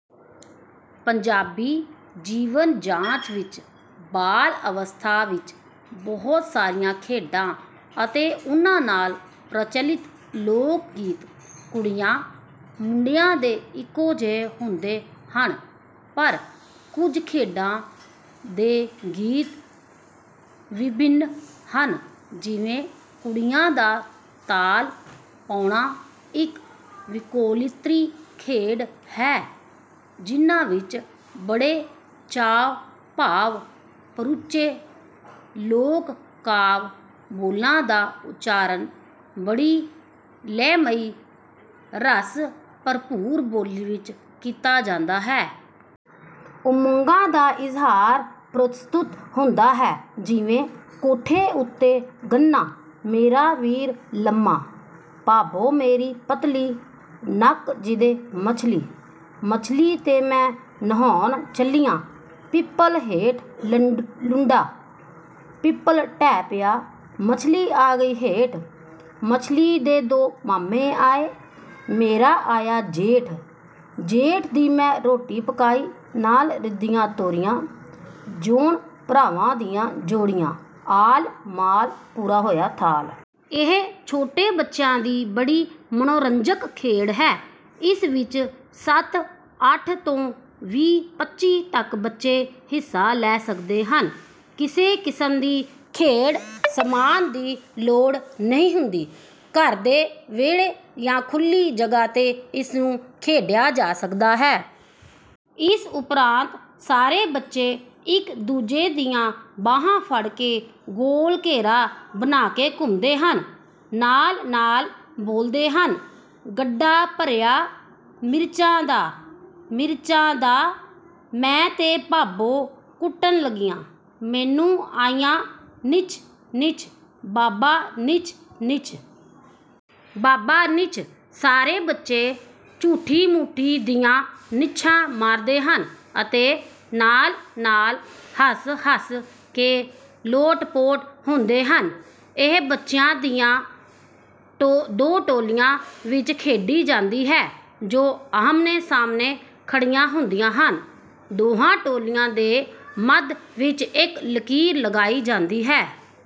ਪੰਜਾਬੀ ਜੀਵਨ-ਜਾਚ ਵਿੱਚ ਬਾਲ ਅਵਸਥਾ ਵਿੱਚ ਬਹੁਤ ਸਾਰੀਆਂ ਖੇਡਾਂ ਅਤੇ ਉਨ੍ਹਾਂ ਨਾਲ ਪ੍ਰਚੱਲਿਤ ਲੋਕਗੀਤ ਕੁੜੀਆਂ ਮੁੰਡਿਆਂ ਦੇ ਇੱਕੋ ਜਿਹੇ ਹੁੰਦੇ ਹਨ। ਪਰ ਕੁੱਝ ਖੇਡਾਂ ਦੇ ਗੀਤ ਵਿਭਿੰਨ ਹਨ ਜਿਵੇਂ ਕੁੜੀਆਂ ਦਾ ਤਾਲ ਪਾਉਣਾ ਇੱਕ ਵਿਕੋਲਿਤਰੀ ਖੇਡ ਹੈ, ਜਿਹਨਾਂ ਵਿੱਚ ਬੜੇ ਚਾਅ-ਭਾਵ ਪਰੁੱਚੇ ਲੋਕ-ਕਾਵਿ ਬੋਲਾਂ ਦਾ ਉੱਚਾਰਨ ਬੜੀ ਲੈਅਮਈ ਰਸ-ਭਰਪੂਰ ਬੋਲੀ ਵਿੱਚ ਕੀਤਾ ਜਾਂਦਾ ਹੈ। ਉਮੰਗਾਂ ਦਾ ਇਜ਼ਹਾਰ ਪ੍ਰਸਤੁਤ ਹੁੰਦਾ ਹੈ ਜਿਵੇਂ: ਕੋਠੇ ਉੱਤੇ ਗੰਨਾ, ਮੇਰਾ ਵੀਰ ਲੰਮਾ, ਭਾਬੋ ਮੇਰੀ ਪਤਲੀ, ਨੱਕ ਜਿਹਦੇ ਮਛਲੀ, ਮਛਲੀ ਤੇ ਮੈਂ ਨਹਾਉਣ ਚਲੀਆਂ, ਪਿੱਪਲ ਹੇਠ ਲੁੰਡਾ, ਪਿੱਪਲ ਢਹਿ ਪਿਆ, ਮਛਲੀ ਆ ਗਈ ਹੇਠ, ਮਛਲੀ ਦੇ ਦੋ ਮਾਮੇ ਆਏ, ਮੇਰਾ ਆਇਆ ਜੇਠ, ਜੇਠ ਦੀ ਮੈਂ ਰੋਟੀ ਪਕਾਈ ਨਾਲ ਰਿੱਧੀਆਂ ਤੋਰੀਆਂ, ਜਿਊਣ ਭਰਾਵਾਂ ਦੀਆਂ ਜੋੜੀਆਂ, ਆਲ ਮਾਲ ਪੂਰਾ ਹੋਇਆ ਥਾਲ। ਇਹ ਛੋਟੇ ਬੱਚਿਆਂ ਦੀ ਬੜੀ ਮਨੋਰੰਜਕ ਖੇਡ ਹੈ। ਇਸ ਵਿੱਚ ਸੱਤ-ਅੱਠ ਤੋਂ ਵੀਹ-ਪੰਚੀ ਤੱਕ ਬੱਚੇ ਹਿੱਸਾ ਲੈ ਸਕਦੇ ਹਨ। ਕਿਸੇ ਕਿਸਮ ਦੀ ਖੇਡ-ਸਮਾਨ ਦੀ ਲੋੜ ਨਹੀਂ ਹੁੰਦੀ। ਘਰ ਦੇ ਵਿਹੜੇ ਯਾ ਖੁੱਲ੍ਹੀ ਜਗ੍ਹਾ ਤੇ ਇਸ ਨੂੰ ਖੇਡਿਆ ਜਾ ਸਕਦਾ ਹੈ। ਇਸ ਉਪਰਾਂਤ ਸਾਰੇ ਬੱਚੇ ਇੱਕ ਦੂਜੇ ਦੀਆਂ ਬਾਂਹਾਂ ਫੜ ਕੇ ਗੋਲ ਘੇਰਾ ਬਣਾ ਕੇ ਘੁੰਮਦੇ ਹਨ। ਨਾਲ-ਨਾਲ ਬੋਲਦੇ ਹਨ: ਗੱਡਾ ਭਰਿਆ ਮਿਰਚਾਂ ਦਾ, ਮਿਰਚਾਂ ਦਾ, ਮੈਂ ਤੇ ਭਾਬੋ ਕੁੱਟਣ ਲੱਗੀਆਂ, ਮੈਨੂੰ ਆਈਯਾਂ ਨਿੱਛ, ਨਿੱਛ ਬਾਬਾ ਨਿੱਛ, ਨਿੱਛ। ਬਾਬਾ ਨਿੱਛ। ਸਾਰੇ ਬੱਚੇ ਝੂਠੀ-ਮੂਠੀ ਦੀਆਂ ਨਿੱਛਾਂ ਮਾਰਦੇ ਹਨ ਅਤੇ ਨਾਲ-ਨਾਲ ਹੱਸ-ਹੱਸ ਕੇ ਲੋਟ-ਪੋਟ ਹੁੰਦੇ ਹਨ। ਇਹ ਬੱਚਿਆਂ ਦੀਆਂ ਦੋ ਟੋਲੀਆਂ ਵਿੱਚ ਖੇਡੀ ਜਾਂਦੀ ਹੈ, ਜੋ ਆਹਮਣੇ-ਸਾਹਮਣੇ ਖੜੀਆਂ ਹੁੰਦੀਆਂ ਹਨ। ਦੋਹਾਂ ਟੋਲੀਆਂ ਦੇ ਮੱਧ ਵਿੱਚ ਇੱਕ ਲਕੀਰ ਲਗਾਈ ਜਾਂਦੀ ਹੈ।